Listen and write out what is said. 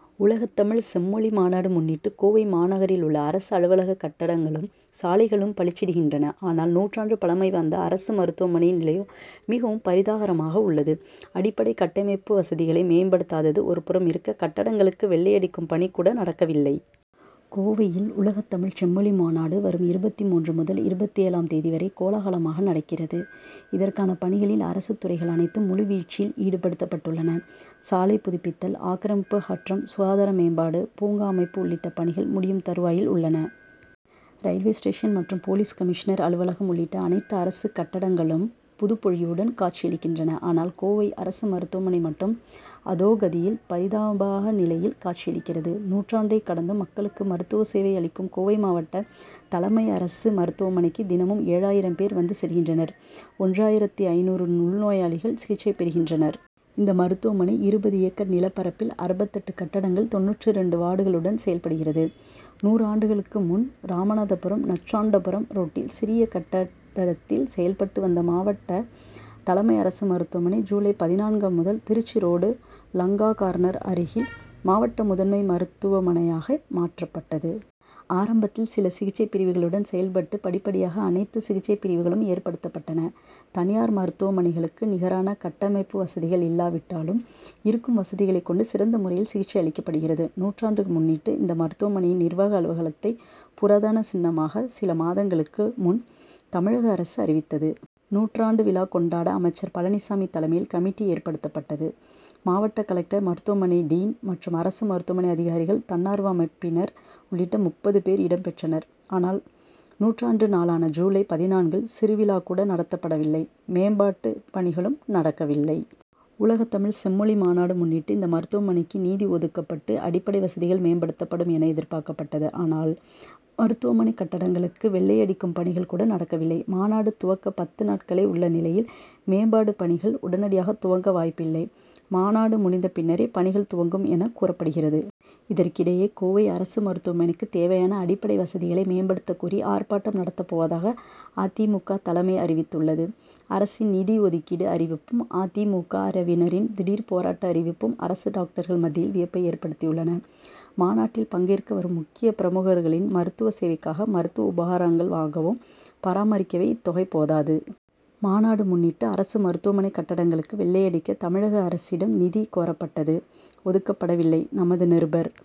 ! உலகத்தமிழ் செம்மொழி மாநாடு முன்னிட்டு கோவை மாநகரிலுள்ள அரசு அலுவலக கட்டடங்களும், சாலைகளும் பளிச்சிடுகின்றன. ஆனால், நூற்றாண்டு பழமை வாய்ந்த அரசு மருத்துவமனையின் நிலையோ மிகவும் பரிதாபகரமாக உள்ளது. அடிப்படை கட்டமைப்பு வசதிகளை மேம்படுத்தாதது ஒருபுறம் இருக்க, கட்டடங்களுக்கு வெள்ளையடிக்கும் பணி கூட நடக்கவில்லை. கோவையில், உலகத்தமிழ்ச் செம்மொழி மாநாடு வரும் இருபத்து மூன்று முதல் இருபத்தேழாம் தேதி வரை கோலாகலமாக நடக்கிறது. இதற்கான பணிகளில் அரசுத் துறைகள் அனைத்தும் முழுவீச்சில் ஈடுபடுத்தப்பட்டுள்ளன. சாலை புதுப்பித்தல், ஆக்கிரமிப்பு அகற்றம், சுகாதார மேம்பாடு, பூங்கா அமைப்பு உள்ளிட்ட பணிகள் முடியும் தருவாயில் உள்ளன. ரயில்வே ஸ்டேஷன் மற்றும் போலீஸ் கமிஷனர் அலுவலகம் உள்ளிட்ட அனைத்து அரசு கட்டடங்களும் புது பொலிவுடன் காட்சியளிக்கின்றன. ஆனால், கோவை அரசு மருத்துவமனை மட்டும் அதோ கதி'யில் பரிதாப நிலையில் காட்சியளிக்கிறது. நூற்றாண்டை கடந்தும் மக்களுக்கு மருத்துவ சேவை அளிக்கும் கோவை மாவட்ட தலைமை அரசு மருத்துவமனைக்கு தினமும் ஏழாயிரம் பேர் வந்து செல்கின்றனர் ஒன்றாயிரத்து ஐந்நூறு உள்நோயாளிகள் சிகிச்சை பெறுகின்றனர். இந்த மருத்துவமனை இருபது ஏக்கர் நிலப்பரப்பில் அறுபத்தெட்டு கட்டடங்கள், தொண்ணூற்று இரண்டு வார்டுகளுடன் செயல்படுகிறது. நூறு ஆண்டுகளுக்கு முன், ராமநாதபுரம் நஞ்சுண்டாபுரம் ரோட்டில் சிறிய கட்டடத்தில் செயல்பட்டு வந்த மாவட்ட தலைமை அரசு மருத்துவமனை, ஜூலை பதினான்கு முதல் திருச்சி ரோடு, லங்கா கார்னர் அருகில் மாவட்ட முதன்மை மருத்துவமனையாக மாற்றப்பட்டது. ஆரம்பத்தில் சில சிகிச்சைப்பிரிவுகளுடன் செயல்பட்டு படிப்படியாக அனைத்து சிகிச்சைப்பிரிவுகளும் ஏற்படுத்தப்பட்டன. தனியார் மருத்துவமனைகளுக்கு நிகரான கட்டமைப்பு வசதிகள் இல்லாவிட்டாலும், இருக்கும் வசதிகளை கொண்டு சிறந்த முறையில் சிகிச்சை அளிக்கப்படுகிறது. நூற்றாண்டு முன்னிட்டு, இந்த மருத்துவமனையின் நிர்வாக அலுவலகத்தை புராதன சின்னமாக சில மாதங்களுக்கு முன் தமிழக அரசு அறிவித்தது. நூற்றாண்டு விழா கொண் டாட அமைச்சர் பழனிசாமி தலைமையில் கமிட்டி ஏற்படுத்தப்பட்டது. மாவட்ட கலெக்டர், மருத்துவமனை டீன்' மற்றும் அரசு மருத்துவமனை அதிகாரிகள், தன்னார்வ அமைப்பினர் உள்ளிட்ட முப்பது பேர் இடம் பெற்றனர். ஆனால், நூற்றாண்டு நாளான ஜூலை பதினான்கு ல் சிறு விழா கூட நடத்தப்படவில்லை மேம்பாட்டு பணிகளும் நடக்கவில்லை. உலகத்தமிழ் செம்மொழி மாநாடு முன்னிட்டு இந்த மருத்துவமனைக்கு நிதி ஒதுக்கப்பட்டு, அடிப்படை வசதிகள் மேம்படுத்தப்படும் என எதிர்பார்க்கப்பட்டது. ஆனால், மருத்துவமனை கட்டடங்களுக்கு வெள் ளையடிக்கும் பணிகள் கூட நடக்கவில்லை. மாநாடு துவங்க பத்து நாட்களே உள்ள நிலையில் மேம்பாடு பணிகள் உடனடியாக துவங்க வாய்ப்பில்லை. மாநாடு முடிந்தபின்னரே பணிகள் துவங்கும் என கூறப்படுகிறது. இதற்கிடையே, கோவை அரசு மருத்துவமனைக்கு தேவையான அடிப்படை வசதிகளை மேம்படுத்தக்கோரி, ஆர்ப்பாட்டம் நடத்தப்போவதாக அ. தி. மு. க., தலைமை அறிவித்துள்ளது. அரசின் நிதி ஒதுக்கீடு அறிவிப்பும், அ. தி. மு. க.,வினரின் திடீர் போராட்ட அறிவிப்பும், அரசு டாக்டர்கள் மத்தியில் வியப்பை ஏற்படுத்தியுள்ளன. மாநாட்டில் பங்கேற்க வரும் முக்கிய பிரமுகர்களின் மருத்துவ சேவைக்காக மருத்துவ உபகரணங்கள் வாங்கவும், பராமரிக்கவுமே இத்தொகை போதாது. மாநாடு முன்னிட்டு அரசு மருத்துவமனை கட்டடங்களுக்கு வெள்ளையடிக்க தமிழக அரசிடம் நிதி கோரப்பட்டது ஒதுக்கப்படவில்லை. நமது நிருபர் -